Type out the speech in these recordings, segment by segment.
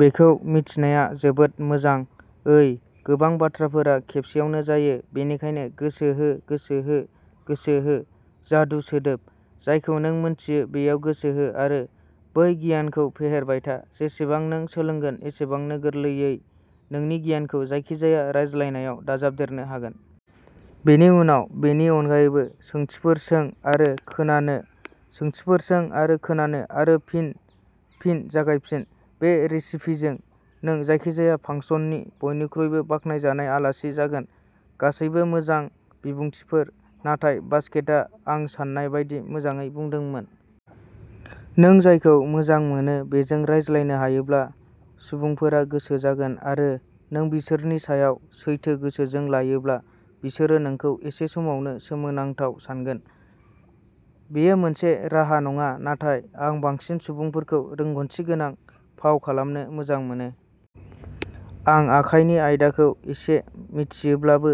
बेखौ मिथिनाया जोबोद मोजां। ओइ गोबां बाथ्राफोरा खेबसेआवनो जायो। बेनिखायनो गोसो हो, गोसो हो, गोसो हो, जादु सोदोब। जायखौ नों मिन्थियो बेयाव गोसो हो आरो बै गियानखौ फेहेरबाय था। जेसेबां नों सोलोंगोन एसेबांनो गोरलैयै नोंनि गियानखौ जायखिजाया रायज्लायनायाव दाजाबदेरनो हागोन। बेनि उनाव, बेनि अनगायैबो, सोंथिफोर सों आरो खोनानो, सोंथिफोर सों आरो खोनानो, आरो फिन, फिन जागायफिन। बे रेसिपिजों, नों जायखिजाया फांसननि बयनिख्रुइबो बाखनायजानाय आलासि जागोन। गासैबो मोजां बिबुंथिफोर, नाथाय बासकेटआ आं सान्नाय बायदि मोजाङै बुंदोंमोन। नों जायखौ मोजां मोनो बेजों रायज्लायनो हायोब्ला, सुबुंफोरा गोसो जागोन, आरो नों बिसोरनि सायाव सैथो गोसोजों लायोब्ला, बिसोरो नोंखौ एसे समावनो सोमोनांथाव सानगोन! बेयो मोनसे राहा नङा, नाथाय आं बांसिन सुबुंफोरखौ रोंग'थि गोनां फाव खालामनो मोजां मोनो। आं आखाइनि आयदाखौ एसे मिथियोब्लाबो,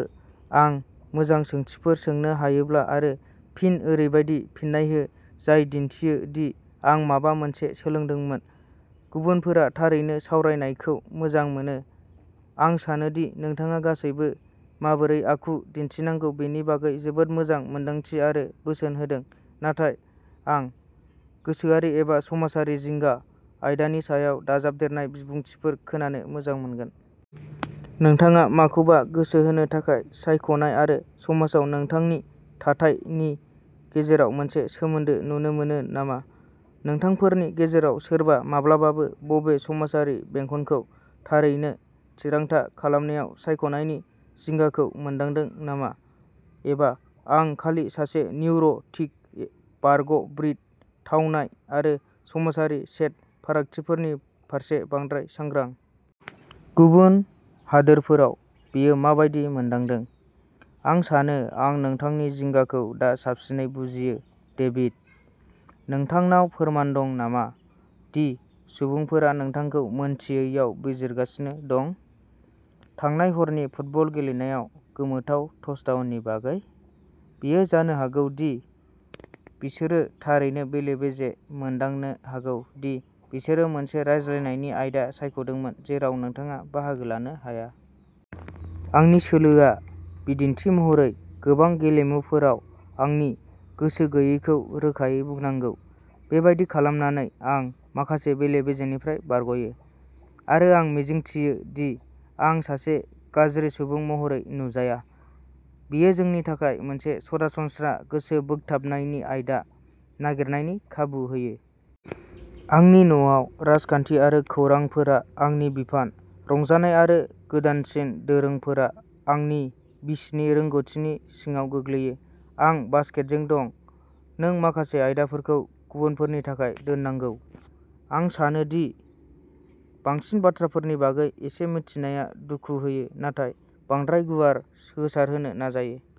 आं मोजां सोंथिफोर सोंनो हायोब्ला आरो फिन ओरैबायदि फिन्नाय हो जाय दिन्थियो दि आं माबा मोनसे सोलोंदोंमोन, गुबुनफोरा थारैनो सावरायनायखौ मोजां मोनो।। आं सानो दि नोंथाङा गासैबो माबोरै आखु दिन्थिनांगौ बेनि बागै जोबोद मोजां मोनदांथि आरो बोसोन होदों, नाथाय आं "गोसोआरि एबा समाजारि जिंगा" आयदानि सायाव दाजाबदेरनाय बिबुंथिफोर खोनानो मोजां मोनगोन। नोंथाङा माखौबा गोसो होनो थाखाय सायख'नाय आरो समाजआव नोंथांनि "थाथाय" नि गेजेराव मोनसे सोमोन्दो नुनो मोनो नामा? नोंथांफोरनि गेजेराव सोरबा माब्लाबाबो बबे समाजारि बेंखनखौ "थारैनो" थिरांथा खालामनायाव सायख'नायनि जिंगाखौ मोनदांदों नामा? एबा आं खालि सासे निउर'टिक बारग'ब्रिट, थावनाय आरो समाजारि सेट फारागथिफोरनि फारसे बांद्राय सांग्रां? गुबुन हादोरफोराव बेयो मा बायदि "मोनदांदों? आं सानो आं नोंथांनि जिंगाखौ दा साबसिनै बुजियो, डेभिड। नोंथांनाव फोरमान दं नामा दि सुबुंफोरा नोंथांखौ मिन्थियैयाव बिजिरगासिनो दं। थांनाय हरनि फुटबल गेलेनायाव गोमोथाव टचडाउननि बागै? बेयो जानो हागौ दि बिसोरो थारैनो बेले बेजे मोनदांनो हागौ दि बिसोरो मोनसे रायज्लायनायनि आयदा सायख'दोंमोन जेराव नोंथाङा बाहागो लानो हाया? आंनि सोलोआ, बिदिन्थि महरै, गोबां गेलेमुफोराव आंनि गोसो गैयैखौ रोखायै बुंनांगौ। बेबादि खालामनानै, आं माखासे बेले बेजेनिफ्राय बारग'यो, आरो आं मिजिंथियो दि आं सासे गाज्रि सुबुं महरै नुजाया। बेयो जोंनि थाखाय मोनसे सरासनस्रा गोसोबोगथाबनायनि आयदा नागिरनायनि खाबु होयो। आंनि न'आव, राजखान्थि आरो खौरांफोरा आंनि बिफान। रंजानाय आरो गोदानसिन दोरोंफोरा, आंनि बिसिनि रोंग'थिनि सिङाव गोग्लैयो। आं बासकेटजों दं नों माखासे आयदाफोरखौ गुबुनफोरनि थाखाय दोननांगौ! आं सानो दि बांसिन बाथ्राफोरनि बागै एसे मिथिनाया दुखु होयो, नाथाय बांद्राय गुवार गोसारहोनो नाजायो।